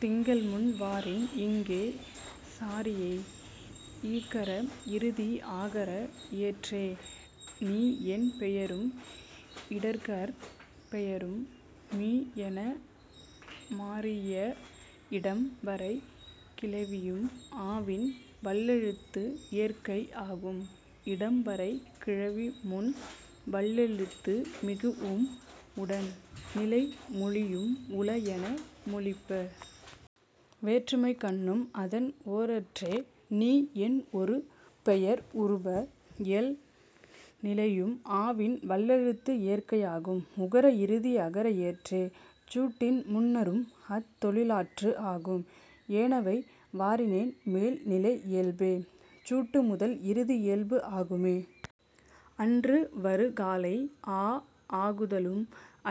திங்கள் முன் வரின் இக்கே சாரியை. ஈகார இறுதி ஆகார இயற்றே. நீ என் பெயரும் இடக்கர்ப் பெயரும் மீ என மரீஇய இடம் வரை கிளவியும் ஆவயின் வல்லெழுத்து இயற்கை ஆகும். இடம் வரை கிளவி முன் வல்லெழுத்து மிகூஉம் உடன் நிலை மொழியும் உள என மொழிப. வேற்றுமைக்கண்ணும் அதன் ஓரற்றே. நீ என் ஒரு பெயர் உருபு இயல் நிலையும் ஆவயின் வல்லெழுத்து இயற்கை ஆகும். உகர இறுதி அகர இயற்றே. சுட்டின் முன்னரும் அத் தொழிற்று ஆகும். ஏனவை வரினே மேல் நிலை இயல்பே. சுட்டு முதல் இறுதி இயல்பு ஆகும்மே. அன்று வரு காலை ஆ ஆகுதலும்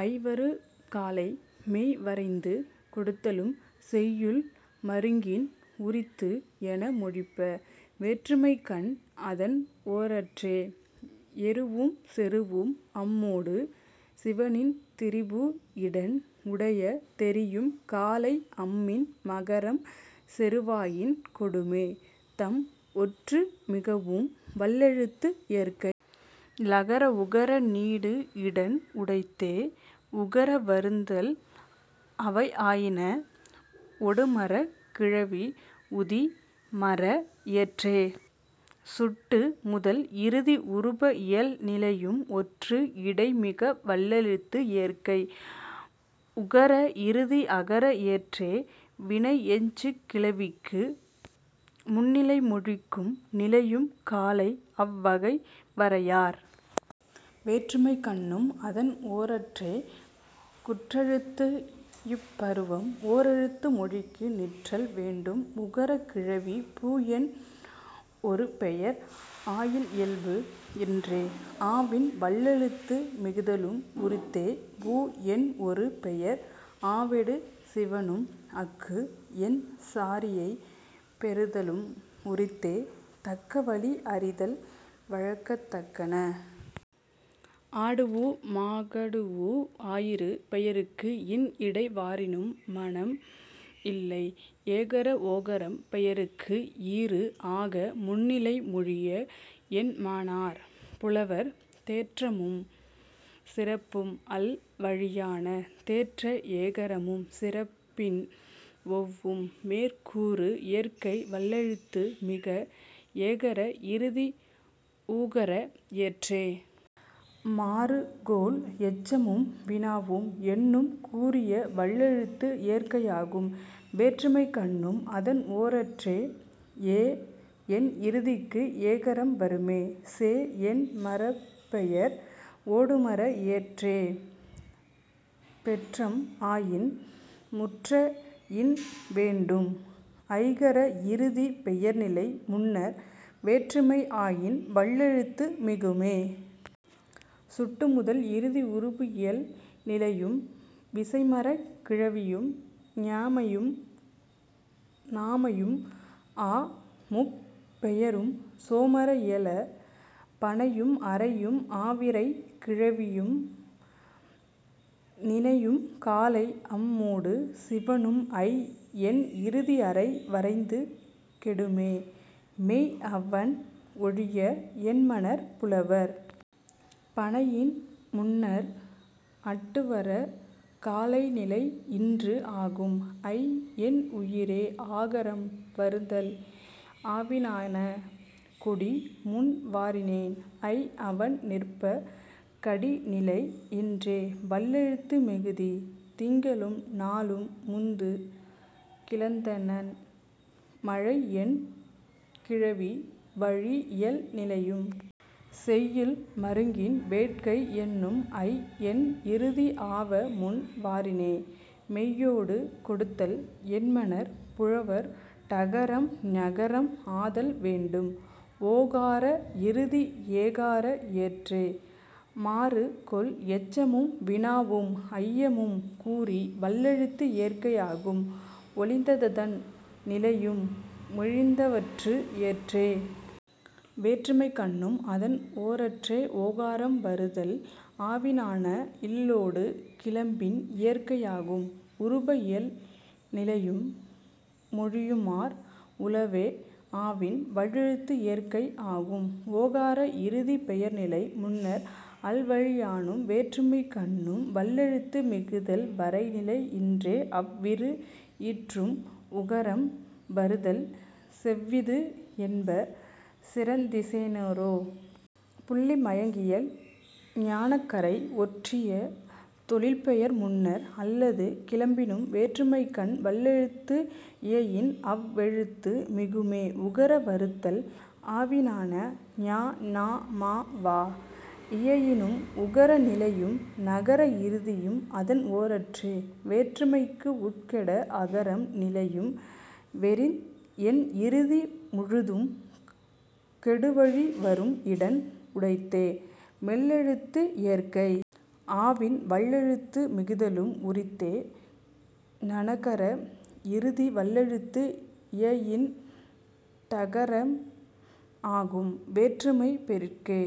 ஐ வரு காலை மெய் வரைந்து கெடுதலும் செய்யுள் மருங்கின் உரித்து என மொழிப. வேற்றுமைக்கண்ணும் அதன் ஓரற்றே. எருவும் செருவும் அம்மொடு சிவணி திரிபு இடன் உடைய தெரியும் காலை அம்மின் மகரம் செருவயின் கெடுமே தம் ஒற்று மிகூஉம் வல்லெழுத்து இயற்கை. ழகர உகரம் நீடு இடன் உடைத்தே உகரம் வருதல் ஆவயினான. ஒடுமரக் கிளவி உதி மர இயற்றே. சுட்டு முதல் இறுதி உருபு இயல் நிலையும் ஒற்று இடை மிகா வல்லெழுத்து இயற்கை. ஊகார இறுதி ஆகார இயற்றே. வினையெஞ்சுகிளவிக்கும் முன்னிலை மொழிக்கும் நினையும் காலை அவ் வகை வரையார். வேற்றுமைக்கண்ணும் அதன் ஓரற்றே. குற்றெழுத்து இம்பரும் ஓரெழுத்து மொழிக்கும் நிற்றல் வேண்டும் உகரக் கிளவி. பூ என் ஒரு பெயர் ஆயியல்பு இன்றே ஆவயின் வல்லெழுத்து மிகுதலும் உரித்தே. ஊ என் ஒரு பெயர் ஆவொடு சிவணும். அக்கு என் சாரியை பெறுதலும் உரித்தே தக்க வழி அறிதல் வழக்கத்தான. ஆடூஉ மகடூஉ ஆயிரு பெயர்க்கும் இன் இடை வரினும் மானம் இல்லை. எகர ஒகரம் பெயர்க்கு ஈறு ஆகா முன்னிலை மொழிய என்மனார் புலவர் தேற்றமும் சிறப்பும் அல் வழியான. தேற்ற எகரமும் சிறப்பின் ஒவ்வும் மேற் கூறு இயற்கை வல்லெழுத்து மிகா. ஏகார இறுதி ஊகார இயற்றே. மாறு கொள் எச்சமும் வினாவும் எண்ணும் கூறிய வல்லெழுத்து இயற்கை ஆகும். வேற்றுமைக்கண்ணும் அதன் ஓரற்றே. ஏ என் இறுதிக்கு எகரம் வருமே. சே என் மரப்பெயர் ஒடுமர இயற்றே. பெற்றம் ஆயின் முற்ற இன் வேண்டும். ஐகார இறுதிப் பெயர்நிலை முன்னர் வேற்றுமை ஆயின் வல்லெழுத்து மிகுமே. சுட்டு முதல் இறுதி உருபு இயல் நிலையும். விசைமரக் கிளவியும் ஞெமையும் நமையும் ஆ முப் பெயரும் சேமர இயல. பனையும் அரையும் ஆவிரைக் கிளவியும் நினையும் காலை அம்மொடு சிவணும் ஐ என் இறுதி அரை வரைந்து கெடுமே மெய் அவண் ஒழிய என்மனார் புலவர். பனையின் முன்னர் அட்டு வரு காலை நிலை இன்று ஆகும் ஐ என் உயிரே ஆகாரம் வருதல் ஆவயினான. கொடி முன் வரினே ஐ அவண் நிற்ப கடி நிலை இன்றே வல்லெழுத்து மிகுதி. திங்களும் நாளும் முந்து கிளந்தன்ன. மழை என் கிளவி வளி இயல் நிலையும். செய்யுள் மருங்கின் வேட்கை என்னும் ஐ என் இறுதி அவா முன் வரினே மெய்யொடும் கெடுதல் என்மனார் புலவர் டகாரம் ணகாரம் ஆதல் வேண்டும். ஓகார இறுதி ஏகார இயற்றே. மாறு கொள் எச்சமும் வினாவும் ஐயமும் கூறிய வல்லெழுத்து இயற்கை ஆகும். ஒழிந்ததன் நிலையும் மொழிந்தவற்று இயற்றே. வேற்றுமைக்கண்ணும் அதன் ஓரற்றே ஒகரம் வருதல் ஆவயினான. இல்லொடு கிளப்பின் இயற்கை ஆகும். உருபு இயல் நிலையும் மொழியுமார் உளவே ஆவயின் வல்லெழுத்து இயற்கை ஆகும். ஔகார இறுதிப் பெயர்நிலை முன்னர் அல்வழியானும் வேற்றுமைக்கண்ணும் வல்லெழுத்து மிகுதல் வரை நிலை இன்றே அவ் இரு ஈற்றும் உகரம் வருதல் செவ்விது என்ப சிறந்திசினோரே... புள்ளிமயங்கியல் ஞகாரை ஒற்றிய தொழிற்பெயர் முன்னர் அல்லது கிளப்பினும் வேற்றுமைக்கண்ணும் வல்லெழுத்து இயையின் அவ் எழுத்து மிகுமே உகரம் வருதல் ஆவயினான. ஞ ந ம வ இயையினும் உகரம் நிலையும். நகர இறுதியும் அதன் ஓரற்றே. வேற்றுமைக்கு உக் கெட அகரம் நிலையும். வெரிந் என் இறுதி முழுதும் கெடுவழி வரும் இடன் உடைத்தே மெல்லெழுத்து இயற்கை. ஆவயின் வல்லெழுத்து மிகுதலும் உரித்தே. ணகார இறுதி வல்லெழுத்து இயையின் டகாரம் ஆகும் வேற்றுமைப் பொருட்கே.